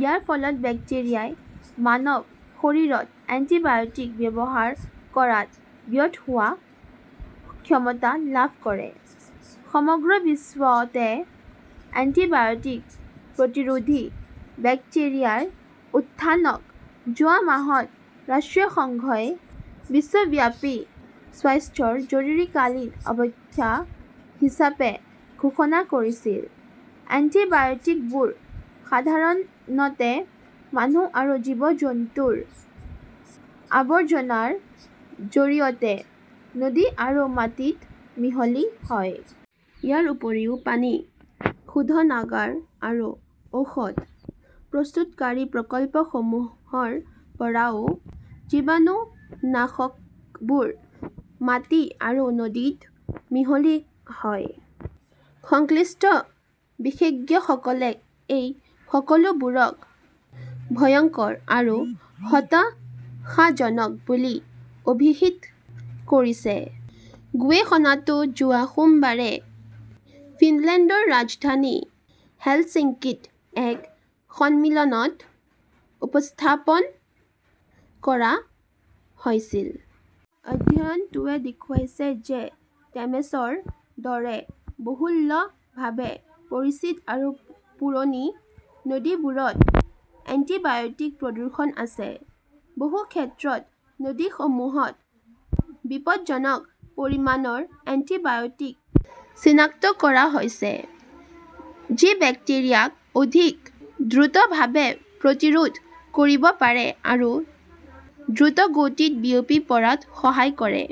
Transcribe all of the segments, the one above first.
ইয়াৰ ফলত বেক্টেৰিয়াই মানৱ শৰীৰত এন্টিবায়টিক ব্যৱহাৰ কৰাত ব্যৰ্থ হোৱাৰ ক্ষমতা লাভ কৰে। সমগ্ৰ বিশ্বতে এণ্টিবায়টিক-প্ৰতিৰোধী বেক্টেৰিয়াৰ উত্থানক যোৱা মাহত ৰাষ্ট্ৰসংঘই বিশ্বব্যাপী স্বাস্থ্যৰ জৰুৰীকালীন অৱস্থা হিচাপে ঘোষণা কৰিছিল। এণ্টিবায়টিকবোৰ সাধাৰণতে মানুহ আৰু জীৱ-জন্তুৰ আৱৰ্জনাৰ জৰিয়তে নদী আৰু মাটিত মিহলি হয়। ইয়াৰ উপৰিও পানী শোধনাগাৰ আৰু ঔষধ প্ৰস্তুতকাৰী প্ৰকল্পসমূহৰ পৰাও জীৱাণুনাশকবোৰ মাটি আৰু নদীত মিহলি হয়। সংশ্লিষ্ট বিশেষজ্ঞসকলে এই সকলোবোৰক ভয়ংকৰ আৰু হতাশাজনক বুলি অভিহিত কৰিছে। গৱেষণাটো যোৱা সোমবাৰে ফিনলেণ্ডৰ ৰাজধানী হেলচিংকীত এক সন্মিলনত উপস্থাপন কৰা হৈছিল। অধ্যয়নটোৱে দেখুৱাইছে যে টেমছৰ দৰে বহুলভাৱে পৰিচিত আৰু পুৰণি নদীবোৰত এণ্টিবায়টিক প্ৰদূষণ আছে। বহু ক্ষেত্ৰত নদীসমূহত বিপদজনক পৰিমাণৰ এণ্টিবায়টিক চিনাক্ত কৰা হৈছে। যি বেক্টেৰিয়াক অধিক দ্ৰুতভাৱে প্ৰতিৰোধ কৰিব পাৰে আৰু দ্ৰুতগতিত বিয়পি পৰাত সহায় কৰে।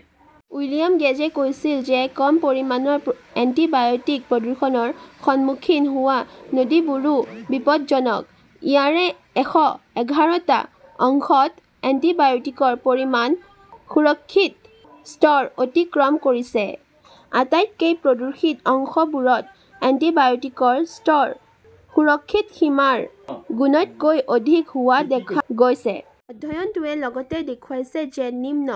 উইলিয়াম গেজে কৈছিল যে কম পৰিমাণৰ এণ্টিবায়টিক প্ৰদূষণৰ সন্মুখীন হোৱা নদীবোৰো বিপদজনক। ইয়াৰে এশ এঘাৰটা অংশত এন্টিবায়টিকৰ পৰিমাণ সুৰক্ষিত স্তৰ অতিক্ৰম কৰিছে। আটাইতকৈ প্ৰদূষিত অংশবোৰত এন্টিবায়টিকৰ স্তৰ সুৰক্ষিত সীমাৰ গুণতকৈ অধিক হোৱা দেখা গৈছে। অধ্যয়নটোৱে লগতে দেখুৱাইছে যে নিম্ন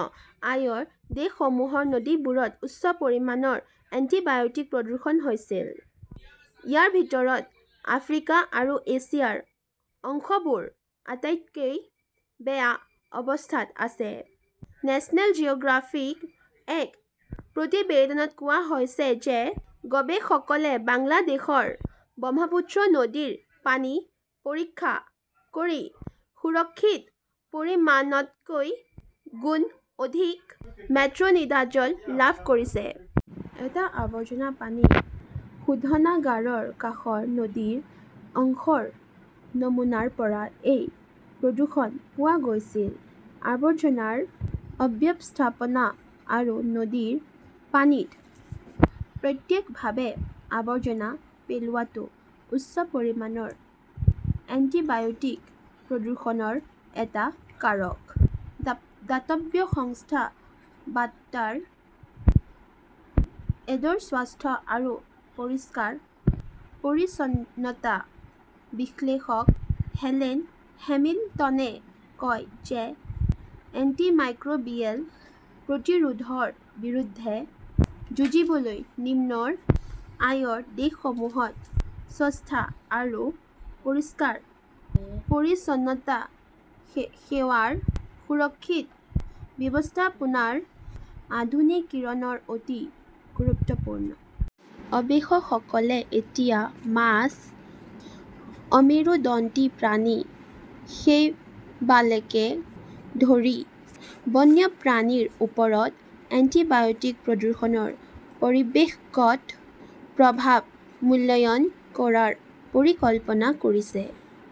আয়ৰ দেশসমূহৰ নদীবোৰত উচ্চ পৰিমাণৰ এণ্টিবায়টিক প্ৰদূষণ হৈছিল। ইয়াৰ ভিতৰত আফ্ৰিকা আৰু এছিয়াৰ অংশবোৰ আটাইতকৈ বেয়া অৱস্থাত আছে। নেচনেল জিঅ গ্ৰাফিকৰ এক প্ৰতিবেদনত কোৱা হৈছে যে গৱেষকসকলে বাংলাদেশৰ ব্ৰহ্মপুত্ৰ নদীৰ পানী পৰীক্ষা কৰি সুৰক্ষিত পৰিমাণতকৈ গুণ অধিক মেট্ৰ নিডাজল লাভ কৰিছে। এটা আৱৰ্জনা পানী শোধনাগাৰৰ কাষৰ নদীৰ অংশৰ নমুনাৰ পৰা এই প্ৰদূষণ পোৱা গৈছিল। আৱৰ্জনাৰ অব্যৱস্থাপনা আৰু নদীৰ পানীত প্ৰত্যক্ষভাৱে আৱৰ্জনা পেলোৱাটো উচ্চ পৰিমাণৰ এণ্টিবায়টিক প্ৰদূষণৰ এটা কাৰক। দাতব্য সংস্থা ৱাটাৰ এডৰ স্বাস্থ্য আৰু পৰিষ্কাৰ-পৰিচ্ছন্নতা বিশ্লেষক হেলেন হেমিল্টনে কয় যে এন্টিমাইক্ৰোবিয়েল প্ৰতিৰোধৰ বিৰুদ্ধে যুঁজিবলৈ নিম্ন আয়ৰ দেশসমূহত স্বাস্থ্য আৰু পৰিষ্কাৰ-পৰিচ্ছন্নতা সেৱাৰ সুৰক্ষিত ব্যৱস্থাপনাৰ আধুনিকীকৰণ অতি গুৰুত্বপূৰ্ণ। গৱেষকসকলে এতিয়া মাছ, অমেৰুদণ্ডী প্ৰাণী, শৈবালকে ধৰি বন্যপ্ৰাণীৰ ওপৰত এন্টিবায়টিক প্ৰদূষণৰ পৰিৱেশগত প্ৰভাৱ মূল্যায়ন কৰাৰ পৰিকল্পনা কৰিছে।